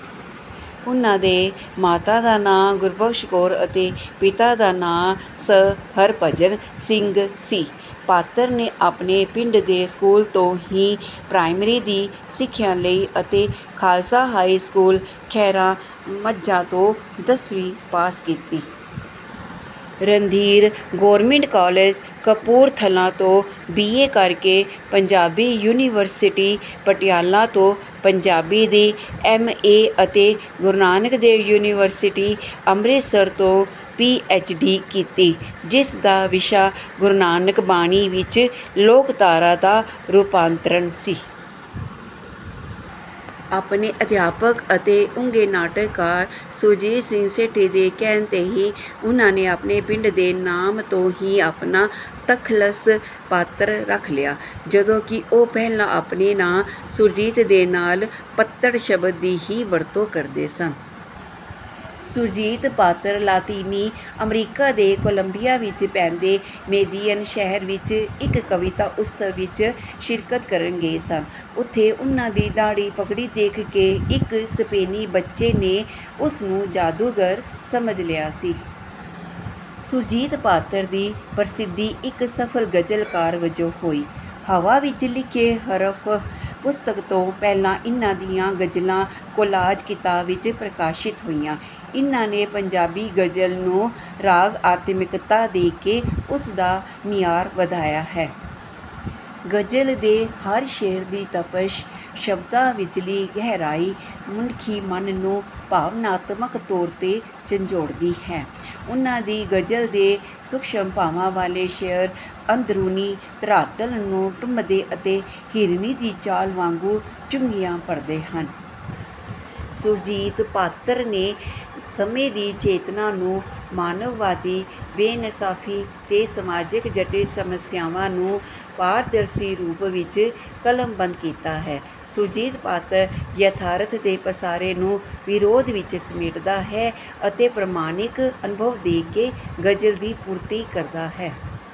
ਉਨ੍ਹਾਂ ਦੇ ਮਾਤਾ ਦਾ ਨਾਂ ਗੁਰਬਖਸ਼ ਕੌਰ ਅਤੇ ਪਿਤਾ ਦਾ ਨਾਂ ਸ. ਹਰਭਜਨ ਸਿੰਘ ਸੀ। ਪਾਤਰ ਨੇ ਆਪਣੇ ਪਿੰਡ ਦੇ ਸਕੂਲ ਤੋਂ ਹੀ ਪ੍ਰਾਇਮਰੀ ਦੀ ਸਿੱਖਿਆ ਲਈ ਅਤੇ ਖਾਲਸਾ ਹਾਈ ਸਕੂਲ ਖਹਿਰਾ ਮਝਾ ਤੋਂ ਦਸਵੀਂ ਪਾਸ ਕੀਤੀ। ਰਣਧੀਰ ਗੌਰਮਿੰਟ ਕਾਲਜ ਕਪੂਰਥਲਾ ਤੋਂ ਬੀ. ਏ ਕਰਕੇ ਪੰਜਾਬੀ ਯੂਨੀਵਰਸਿਟੀ, ਪਟਿਆਲਾ ਤੋਂ ਪੰਜਾਬੀ ਦੀ ਐਮ. ਏ. ਅਤੇ ਗੁਰੂ ਨਾਨਕ ਦੇਵ ਯੂਨੀਵਰਿਸਟੀ, ਅੰਮ੍ਰਿਤਸਰ ਤੋਂ ਪੀ. ਐਚ. ਡੀ ਕੀਤੀ। ਜਿਸਦਾ ਵਿਸ਼ਾ "ਗੁਰੂ ਨਾਨਕ ਬਾਣੀ ਵਿੱਚ ਲੋਕਧਾਰਾ ਦਾ ਰੂਪਾਂਤਰਣ" ਸੀ। ਆਪਣੇ ਅਧਿਆਪਕ ਅਤੇ ਉੱਘੇ ਨਾਟਕਕਾਰ ਸੁਰਜੀਤ ਸਿੰਘ ਸੇਠੀ ਦੇ ਕਹਿਣ 'ਤੇ ਹੀ ਉਹਨਾਂ ਨੇ ਆਪਣੇ ਪਿੰਡ ਦੇ ਨਾਮ ਤੋਂ ਹੀ ਆਪਣਾ ਤਖੱਲਸ 'ਪਾਤਰ' ਰੱਖ ਲਿਆ, ਜਦੋਂ ਕਿ ਉਹ ਪਹਿਲਾਂ ਆਪਣੇ ਨਾਂ ਸੁਰਜੀਤ ਦੇ ਨਾਲ ਪੱਤੜ ਸ਼ਬਦ ਦੀ ਹੀ ਵਰਤੋਂ ਕਰਦੇ ਸਨ। ਸੁਰਜੀਤ ਪਾਤਰ ਲਾਤੀਨੀ ਅਮਰੀਕਾ ਦੇ ਕੋਲੰਬੀਆ ਵਿੱਚ ਪੈਂਦੇ ਮੈਦਿਯਨ ਸ਼ਹਿਰ ਵਿੱਚ ਇੱਕ ਕਵਿਤਾ ਉਤਸਵ ਵਿੱਚ ਸ਼ਿਰਕਤ ਕਰਨ ਗਏ ਸਨ। ਓਥੇ ਉਨ੍ਹਾਂ ਦੀ ਦਾੜ੍ਹੀ, ਪਗੜੀ ਦੇਖ ਕੇ ਇੱਕ ਸਪੇਨੀ ਬੱਚੇ ਨੇ ਉਸ ਨੂੰ ਜਾਦੂਗਰ ਸਮਝ ਲਿਆ ਸੀ। ਸੁਰਜੀਤ ਪਾਤਰ ਦੀ ਪ੍ਰਸਿੱਧੀ ਇੱਕ ਸਫਲ ਗਜ਼ਲਕਾਰ ਵਜੋਂ ਹੋਈ। 'ਹਵਾ ਵਿੱਚ ਲਿਖੇ ਹਰਫ਼' ਪੁਸਤਕ ਤੋਂ ਪਹਿਲਾਂ ਇਨ੍ਹਾਂ ਦੀਆਂ ਗਜ਼ਲਾਂ 'ਕੋਲਾਜ਼' ਕਿਤਾਬ ਵਿੱਚ ਪ੍ਰਕਾਸ਼ਿਤ ਹੋਈਆਂ। ਇਨ੍ਹਾਂ ਨੇ ਪੰਜਾਬੀ ਗ਼ਜ਼ਲ ਨੂੰ ਰਾਗਆਤਮਿਕਤਾ ਦੇ ਕੇ ਉਸ ਦਾ ਮਿਆਰ ਵਧਾਇਆ ਹੈ। ਗ਼ਜ਼ਲ ਦੇ ਹਰ ਸ਼ੇਅਰ ਦੀ ਤਪਸ਼, ਸ਼ਬਦਾਂ ਵਿਚਲੀ ਗਹਿਰਾਈ ਮੁਨੱਖੀ ਮਨ ਨੂੰ ਭਾਵਨਾਤਮਿਕ ਤੌਰ ਤੇ ਝੰਜੋੜਦੀ ਹੈ। ਉਨ੍ਹਾਂ ਦੀ ਗ਼ਜ਼ਲ ਦੇ ਸੂਖਮ ਭਾਵਾਂ ਵਾਲੇ ਸ਼ੇਅਰ, ਅੰਦਰੂਨੀ ਧਰਾਤਲ ਨੂੰ ਟੁੰਬਦੇ ਅਤੇ ਹਿਰਨੀ ਦੀ ਚਾਲ ਵਾਂਗੂ ਚੁੰਗੀਆਂ ਭਰਦੇ ਹਨ। ਸੁਰਜੀਤ ਪਾਤਰ ਨੇ ਸਮੇਂ ਦੀ ਚੇਤਨਾ ਨੂੰ ਮਾਨਵਵਾਦੀ, ਬੇਇਨਸਾਫੀ ਤੇ ਸਮਾਜਿਕ ਜਟਿਲ ਸਮੱਸਿਆਵਾਂ ਨੂੰ ਪਾਰਦਰਸ਼ੀ ਰੂਪ ਵਿਚ ਕਲਮਬੰਦ ਕੀਤਾ ਹੈ। ਸੁਰਜੀਤ ਪਾਤਰ ਯਥਾਰਥ ਦੇ ਪਸਾਰੇ ਨੂੰ ਵਿਰੋਧ ਵਿਚ ਸਮੇਟਦਾ ਹੈ ਅਤੇ ਪ੍ਰਮਾਣਿਕ ਅਨੁਭਵ ਦੇ ਕੇ ਗ਼ਜ਼ਲ ਦੀ ਪੂਰਤੀ ਕਰਦਾ ਹੈ।